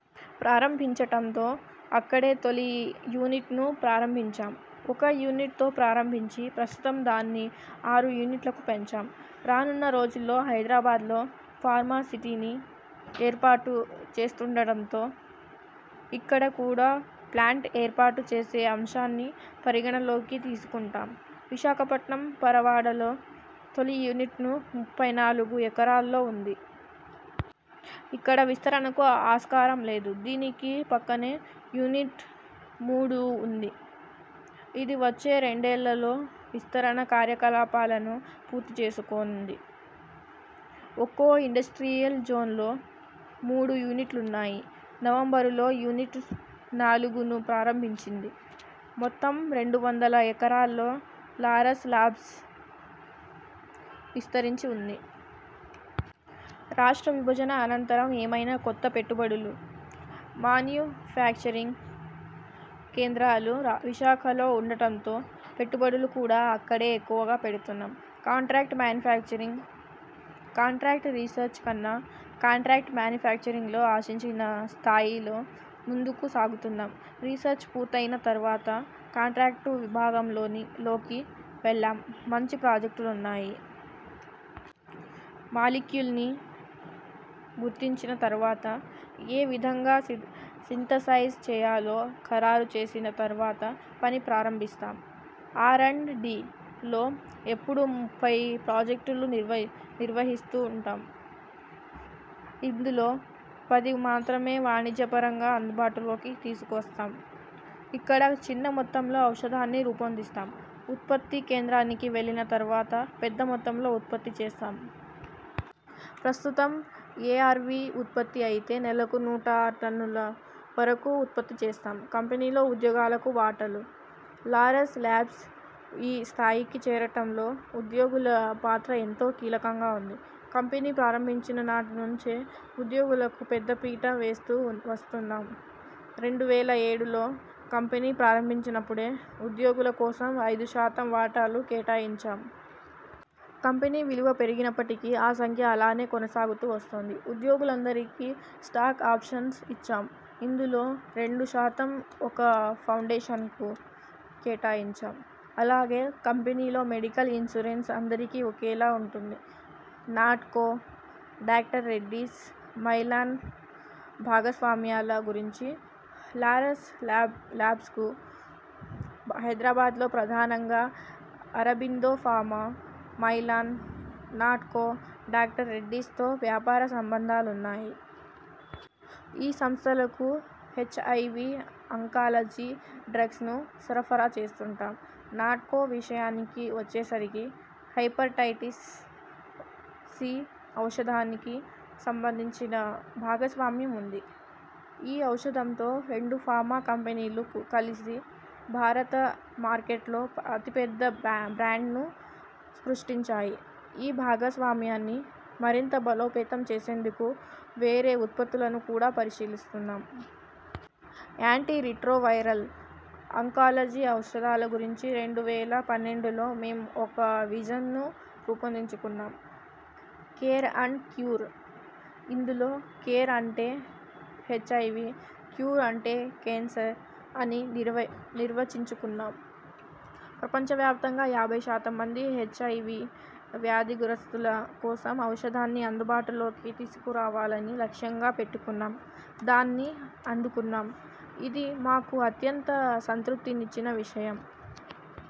ప్రారంభించటంతో అక్కడే తొలి యూనిట్ను ప్రారంభించాం. ఒక యూనిట్తో ప్రారంభించి ప్రస్తుతం దాన్ని ఆరు యూనిట్లకు పెంచాం. రానున్న రోజుల్లో హైదరాబాద్లో ఫార్మా సిటీని ఏర్పాటు చేస్తుండటంతో ఇక్కడ కూడా ప్లాంట్ ఏర్పాటు చేసే అంశాన్ని పరిగణనలోకి తీసుకుంటాం. విశాఖపట్నం పరవాడలో తొలి యూనిట్ను ముప్పై నాలుగు ఎకరాల్లో ఉంది. ఇక్కడ విస్తరణకు ఆస్కారం లేదు. దీనికి పక్కనే యూనిట్ మూడు ఉంది. ఇది వచ్చే రెండేళ్లలో విస్తరణ కార్యకలాపాలను పూర్తి చేసుకోనుంది. ఒక్కో ఇండస్ట్రియల్ జోన్లో మూడు యూనిట్లున్నాయి. నవంబరులో యూనిట్ నాలుగును ప్రారంభించింది. మొత్తం రెండు వందల ఎకరాల్లో లారస్ లాబ్స్ విస్తరించి ఉంది. రాష్ట్ర విభజన అనంతరం ఏమైనా కొత్త పెట్టుబడులు? మాన్యుఫ్యాక్చరింగ్ కేంద్రాలు విశాఖలో ఉండటంతో పెట్టుబడులు కూడా అక్కడే ఎక్కువగా పెడుతున్నాం. Contract manufacturing? కాంట్రాక్ట్ రీసెర్చ్ కన్నా కాంట్రాక్ట్ మాన్యుఫ్యాక్చరింగ్లో ఆశించిన స్థాయిలో ముందుకు సాగుతున్నాం. రీసెర్చ్ పూర్తయిన తర్వాత కాంట్రాక్టు విభాగలోని లోకి వెళ్లాం. మంచి ప్రాజెక్టులున్నాయి. మాలిక్యూల్ను గుర్తించిన తర్వాత ఏ విధంగా సిన్ సింథసైజ్ చేయాలో ఖరారు చేసిన తర్వాత పని ప్రారంభిస్తాం. ఆర్ అండ్ డి లో ఎప్పుడు ముప్పై ప్రాజెక్టులు నిర్వహి నిర్వహిస్తుంటాం. ఇందులో పది మాత్రమే వాణిజ్యపరంగా అందుబాటులోకి తీసుకువస్తాం. ఇక్కడ చిన్న మొత్తంలో ఔషధాన్ని రూపొందిస్తాం. ఉత్పత్తి కేంద్రానికి వెళ్లిన తర్వాత పెద్ద మొత్తంలో ఉత్పత్తి చేస్తాం. ప్రస్తుతం ఎఆర్వి ఉత్పత్తి అయితే నెలకు నూట టన్నుల వరకు ఉత్పత్తి చేస్తాం. కంపెనీలో ఉద్యోగులకు వాటాలు? లారస్ లాబ్స్ ఈ స్థాయికి చేరటంలో ఉద్యోగుల పాత్ర ఎంతో కీలకంగా ఉంది. కంపెనీ ప్రారంభించిన నాటి నుంచే ఉద్యోగులకు పెద్ద పీట వేస్తూ వస్తున్నాం. రెండు వేల ఏడులో కంపెనీ ప్రారంభించినప్పుడే ఉద్యోగుల కోసం ఐదు శాతం వాటాలు కేటాయించాం. కంపెనీ విలువ పెరిగినప్పటికీ ఆ సంఖ్య అలానే కొనసాగుతూ వస్తోంది. ఉద్యోగులందరికీ స్టాక్ ఆప్షన్స్ ఇచ్చాం. ఇందులో రెండు శాతం ఒక ఫౌండేషన్కు కేటాయించాం. అలాగే కంపెనీలో మెడికల్ ఇన్సూరెన్స్ అందరికీ ఒకేలా ఉంటుంది. నాట్కో, డాక్టర్ రెడ్డీస్, మైలాన్ భాగస్వామ్యాల గురించి.. లారస్ లాబ్ లాబ్స్కు హైదరాబాద్లో ప్రధానంగా Aurobindo pharma, Mylan, Natco, doctor Reddy's తో వ్యాపార సంంబంధాలున్నాయి. ఈ సంస్థలకు హెచ్ఐవి, అంకాలజీ డ్రగ్స్ను సరఫరా చేస్తుంటాం. నాట్కో విషయానికి వచ్చేసరికి హెపటైటిస్ సి ఔషధానికి సంబంధించి భాగస్వామ్యం ఉంది. ఈ ఔషధంతో రెండు ఫార్మా కంపెనీలు కలిసి భారత మార్కెట్లో అతిపెద్ద బ్రా బ్రాండ్ను సృష్టించాయి. ఈ భాగస్వామ్యాన్ని మరింత బలోపేతం చేసేందుకు వేరే ఉత్పత్తులను కూడా పరిశీలిస్తున్నాం. యాంటీ రిట్రోవైరల్, అంకాలజీ ఔషధాల గురించి రెండు వేల పన్నెండులో మేం ఒక విజన్ను రూపొందించుకున్నాం. Care, and cure. ఇందులో కేర్ అంటే హెచ్ఐవి, క్యూర్ అంటే కేన్సర్ అని నిర్వ నిర్వచించుకున్నాం. ప్రపంచవ్యాప్తంగా యాభై శాతం మంది హెచ్ఐవి వ్యాధిగ్రస్తుల కోసం ఔషధాన్ని అందుబాటులోకి తీసుకురావాలని లక్ష్యంగా పెట్టుకున్నాం. దాన్ని అందుకున్నాం. ఇది మాకు అత్యంత సంతృప్తినిచ్చిన విషయం.